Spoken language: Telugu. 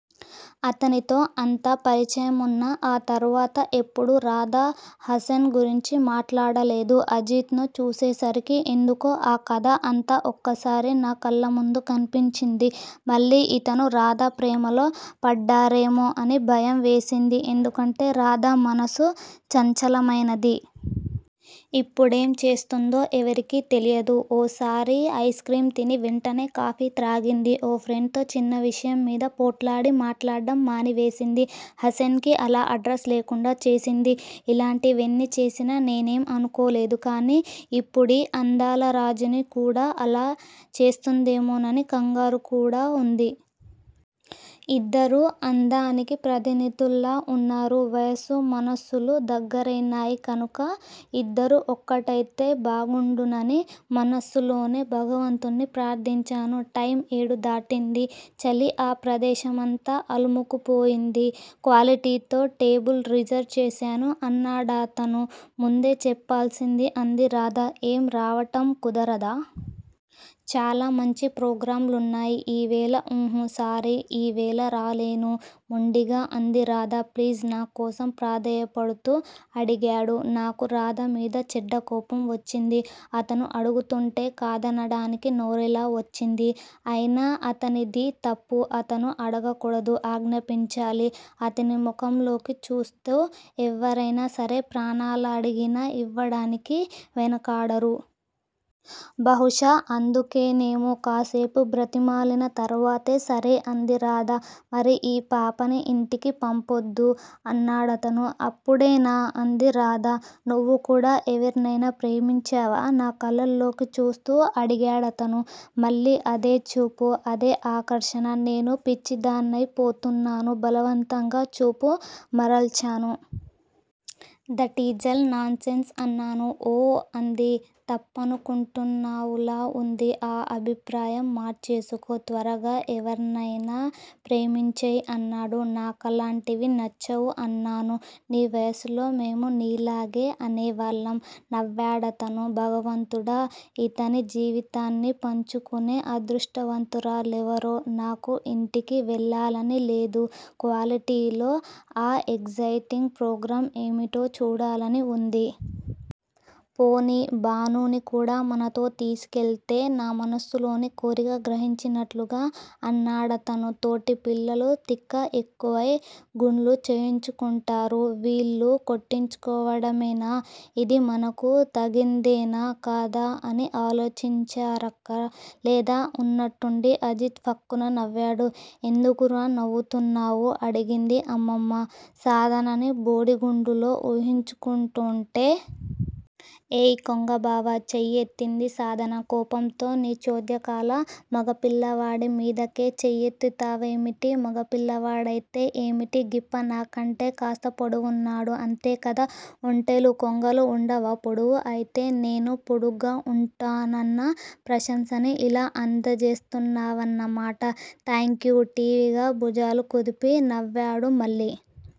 అతనితో అంత పరిచయమున్నా, ఆ తరువాత ఎప్పుడూ రాధ హాసన్ గురించి మాట్లాడలేదు. అజిత్ ను చూసేసరికి ఎందుకో ఆ కథ అంతా ఒకసారి నా కళ్లముందు కనిపించింది. మళ్ళీ ఇతనూ, రాధా ప్రేమలో పడ్డారేమో అని భయం వేసింది. ఎందుకంటే, రాధ మనసు చంచలమైనది. ఇప్పుడేం చేస్తుందో ఎవ్వరికీ తెలియదు. ఓసారి ఐస్ క్రీమ్ తిని, వెంటనే కాఫీ త్రాగింది. ఓ ఫ్రెండ్ తో చిన్న విషయం మీద పోట్లాడి మాట్లాడ్డం మానివేసింది. హసన్ కి అలా అడ్రస్ లేకుండా చేసింది. ఇలాంటివెన్ని చేసినా నేనేం అనుకోలేదు. కాని, ఇప్పుడీ అందాలరాజుని కూడా అలా చేస్తుందేమోనని కంగారు కూడా ఉంది. ఇద్దరూ అందానికి ప్రతినిధుల్లా ఉన్నారు. వయసూ, మనసులూ దగ్గరైనాయ్ కనుక ఇద్దరూ ఒక్కటయితే బాగుండునని మనసులోనే భగవంతుణ్ణి ప్రార్థించాను. టైమ్ ఏడు దాటింది. చలి ఆ ప్రదేశమంతా అలుముకుపోయింది. క్వాలిటీతో టేబుల్ రిజర్ చేశాను అన్నాడతను. ముందే చెప్పాల్సింది అంది రాధ. ఏం రావటం కుదరదా? చాలా మంచి ప్రోగ్రాంలున్నాయ్ ఈవేళ ఉహు, సారీ! ఈవేళ రాలేను. మొండిగా అంది రాధ. ప్లీజ్! నాకోసం ప్రాధేయపడుతూ అడిగాడు. నాకు రాధమీద చెడ్డ కోపం వచ్చింది. అతను అడుగుతూంటే కాదనడానికి నోరెలా వచ్చింది? అయినా అతనిదీ తప్పు. అతను అడగకూడదు. ఆజ్ఞపించాలి. అతని ముఖంలోకి చూస్తే ఎవరైనాసరే, ప్రాణాలడిగినా ఇవ్వడానికి వెనకాడరు. బహుశా అందుకేనేమో కాసేపు బ్రతిమాలిన తర్వాతే 'సరే' అంది రాధ. మరి ఈ పాపని ఇంటికి పంపొద్దూ? అన్నాడతను. అప్పుడేనా? అంది రాధ. నువ్వుకూడా ఎవరినయినా ప్రేమించావా? నాకళ్లలోకి చూస్తూ అడిగాడతను. మళ్ళీ అదే చూపు! అదే ఆకర్షణ! నేను పిచ్చిదాన్నయి పోతున్నాను. బలవంతంగా చూపు మరల్చాను. దటీచల్ నాన్సెన్స్! అన్నాను. ఓ! అంది తప్పనుకొంటున్నావులా ఉంది. ఆ అభిప్రాయం మార్చేసుకో! త్వరగా ఎవర్నయినా ప్రేమించెయ్ అన్నాడు. నాకలాంటివి నచ్చవ్ అన్నాను. నీ వయసులో మేమూ నీలాగే అనేవాళ్లం! నవ్వాడతను. భగవంతుడా! ఇతని జీవితాన్ని పంచుకొనే అదృష్టవంతురాలెవరో? నాకు ఇంటికి వెళ్ళాలని లేదు. క్వాలిటీలో ఆ ఎగ్జయిటింగ్ ప్రోగ్రాం ఏమిటో చూడాలని ఉంది. పోనీ, భానుని కూడా మనతో తీసుకెల్తే? నా మనసులోని కోరిక గ్రహించినట్లుగా అన్నాడతను. తోటిపిల్లలు తిక్క ఎక్కువై గుండ్లు చేయించుకోంటారు! వీళ్ళూ కొట్టించుకోవడమేనా? ఇది మనకు తగిందేనా కాదా అని ఆలోచించారక్కర లేదా? ఉన్నట్టుండి అజిత్ ఫక్కున నవ్వాడు. ఎందుకురా, నవ్వూతున్నావు? అడిగింది అమ్మమ్మ. సాధనని బోడిగుండులో ఊహించుకోంటుంటే! ఏయ్ కొంగబావా! చెయ్యి ఎత్తింది సాధన కోపంతో. నీ చోద్యకాలా! మగపిల్లవాదడమిదికే చేయ్యేత్తుతావేమిటి? మగపిల్లవాడ్తేతే ఏమిటి గిప్ప? నాకంటే కాస్త పొడవున్నాడు! అంతేకదా? ఒంటేలూ, కొంగలూ ఉండవా పొడవు? అయితే నేను పోడుగ్గు ఉంటానన్న ప్రశంసని ఇలా అందజేస్తున్నావన్నమాట! థ్యాంక్యూ? ఠీవిగా భుజాలు కుదిపి నవ్వాడు మళ్ళి.